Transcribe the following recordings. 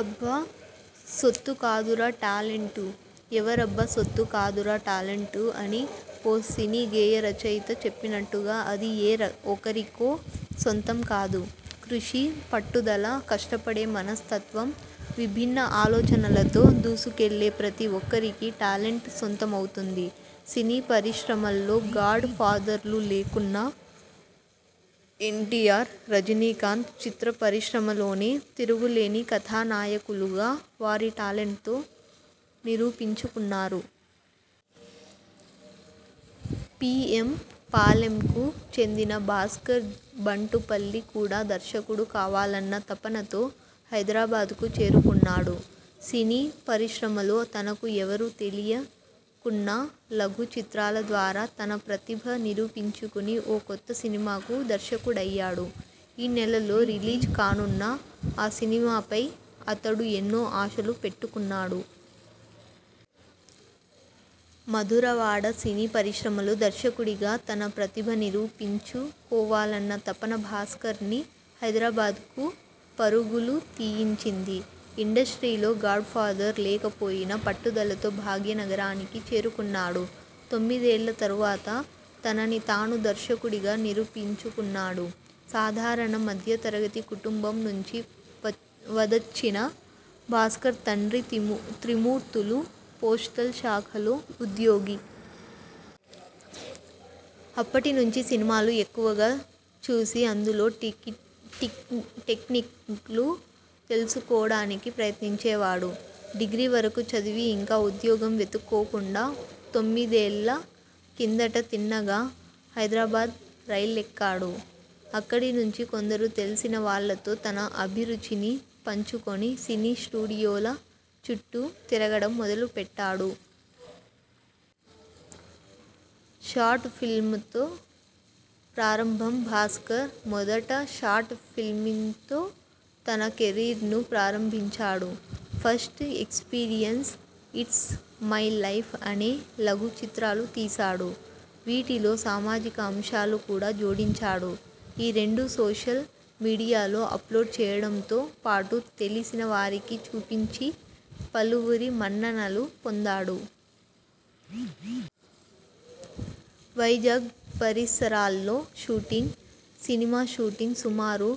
అబ్బా సొత్తు కాదురా టాలెంటు.. ఎవరబ్బ సొత్తు కాదురా టాలెంటూ అని ఓ సినీ గేయ రచయత చెప్పినట్టుగా అది ఏ రక్ ఒకరికో సొంతం కాదు. కృషి, పట్టుదల, కష్టపడే మనస్తత్వం, విభిన్న ఆలోచనలతో దూసుకెళ్లే ప్రతి ఒక్కరికీ టాలెంట్ సొంతమవుతుంది. సినీ పరిశ్రమల్లో గాడ్ ఫాదర్లు లేకున్నా ఎన్టీఆర్, రజినీకాంత్ చిత్ర పరిశ్రమలోనే తిరుగులేని కథానాయకులుగా వారి టాలెంట్తో నిరూపించుకున్నారు. పీఎం పాలెంకు చెందిన భాస్కర్ బంటుపల్లి కూడా దర్శకుడు కావాలన్న తపనతో హైదరాబాద్కు చేరుకున్నాడు. సినీ పరిశ్రమలో తనకు ఎవరూ తెలియకున్నా లఘు చిత్రాల ద్వారా తన ప్రతిభ నిరూపించుకుని ఓ కొత్త సినిమాకు దర్శకుడయ్యాడు. ఈ నెలలో రిలీజ్ కానున్న ఆ సినిమాపై అతడు ఎన్నో ఆశలు పెట్టుకున్నాడు. మధురవాడ సినీ పరిశ్రమలో దర్శకుడిగా తన ప్రతిభ నిరూపించుకోవాలన్న తపన భాస్కర్ని హైదరాబాద్కు పరుగులు తీయించింది. ఇండస్ట్రీలో గాడ్ఫాదర్ లేకపోయినా పట్టుదలతో భాగ్యనగరానికి చేరుకున్నాడు. తొమ్మిదేళ్ల తరువాత తనని తాను దర్శకుడిగా నిరూపించుకున్నాడు. సాధారణ మధ్యతరగతి కుటుంబం నుంచి వచ్ వదచ్చిన భాస్కర్ తండ్రి తిము త్రిమూర్తులు పోస్టల్ శాఖలో ఉద్యోగి. అప్పటి నుంచి సినిమాలు ఎక్కువుగా చూసి అందులో టికీ టిక్ టెక్నిక్లు తెలుసుకోడానికి ప్రయత్నించేవాడు. డిగ్రీవరకు చదివి ఇంకా ఉద్యోగం వెతుక్కోకుండా తొమ్మిదేళ్ల కిందట తిన్నగా హైదరాబాద్ రైలెక్కాడు. అక్కడి నుంచి కొందరు తెలిసిన వాళ్లతో తన అభిరుచిని పంచుకొని సినీ స్టూడియోల చుట్టూ తిరగడం మొదలు పెట్టాడు. షార్ట్ ఫిలిమ్తో ప్రారంభం భాస్కర్ మొదట షార్ట్ ఫిలిమిమ్తో తన కెరీర్ను ప్రారంభించాడు. First experience, it's my life అనే లఘు చిత్రాలు తీశాడు. వీటిలో సామాజిక అంశాలు కూడా జోడించాడు. ఈ రెండూ సోషల్ మీడియాలో అప్లోడ్ చేయడంతో పాటు తెలిసిన వారికి చూపించి పలువురి మన్ననలు పొందాడు. వైజాగ్ పరిసరాల్లో షూటింగ్.. సినిమా షూటింగ్ సుమారు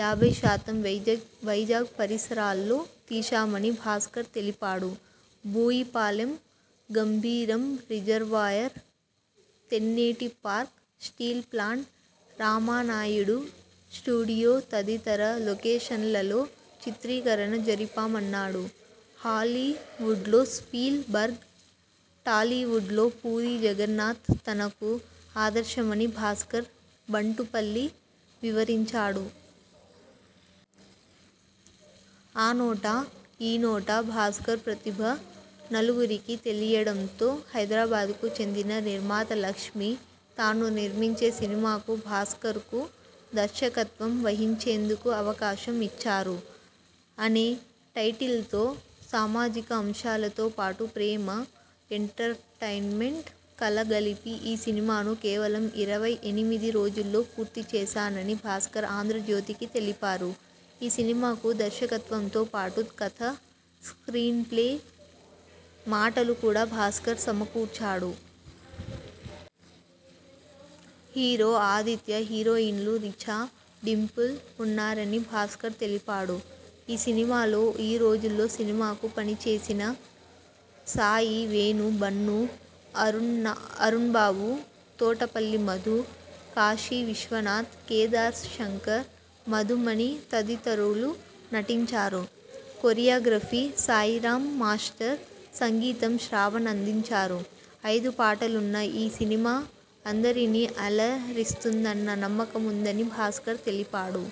యాభై శాతం వైజగ్ వైజాగ్ పరిసరాల్లో తీశామని భాస్కర్ తెలిపాడు Boyapalem Gambheeram reservoir, Tenneti Park, steel plant, Ramanaidu studio తదితర లొకేషన్లలో చిత్రీకరణ జరిపామన్నాడు. హాలీవుడ్లో స్పీల్ బర్గ్, టాలీవుడ్లో పూరీ జగన్నాథ్ తనకు ఆదర్శమని భాస్కర్ బంటుపల్లి వివరించాడు. ఆనోటా.. ఈనోటా భాస్కర్ ప్రతిభ నలుగురికీ తెలియడంతో హైదరాబాద్కు చెందిన నిర్మాత లక్ష్మి.. తాను నిర్మించే సినిమాకు భాస్కర్కు దర్శకత్వం వహించేందుకు అవకాశం ఇచ్చారు. అనే టైటిల్తో సామాజిక అంశాలతో పాటు ప్రేమ, ఎంటర్టైన్మెంట్ కలగలిపి ఈ సినిమాను కేవలం ఇరవై ఎనిమిది రోజుల్లో పూర్తి చేశానని భాస్కర్ 'ఆంధ్రజ్యోతి'కి తెలిపారు ఈ సినిమాకు దర్శకత్వంతో పాటు కథ, స్ర్కీన్ప్లే, మాటలు కూడా భాస్కర్ సమకూర్చాడు. హీరో ఆదిత్య, హీరోయిన్లు రిచా, డింపుల్ ఉన్నారని భాస్కర్ తెలిపాడు. ఈ సినిమాలో ఈ రోజుల్లో సినిమాకు పనిచేసిన సాయి, వేణు, బన్ను, అరున్న అరుణ్బాబు, తోటపల్లి మధు, కాశీవిశ్వనాథ్, కేదార్ శంకర్, మధుమణి తదితరులు నటించారు. కొరియాగ్రఫీ సాయిరామ్ మాస్టర్, సంగీతం శ్రావణ్ అందించారు. ఐదు పాటలున్న ఈ సినిమా అందరినీ అలరిస్తుందన్న నమ్మకం ఉందని భాస్కర్ తెలిపాడు.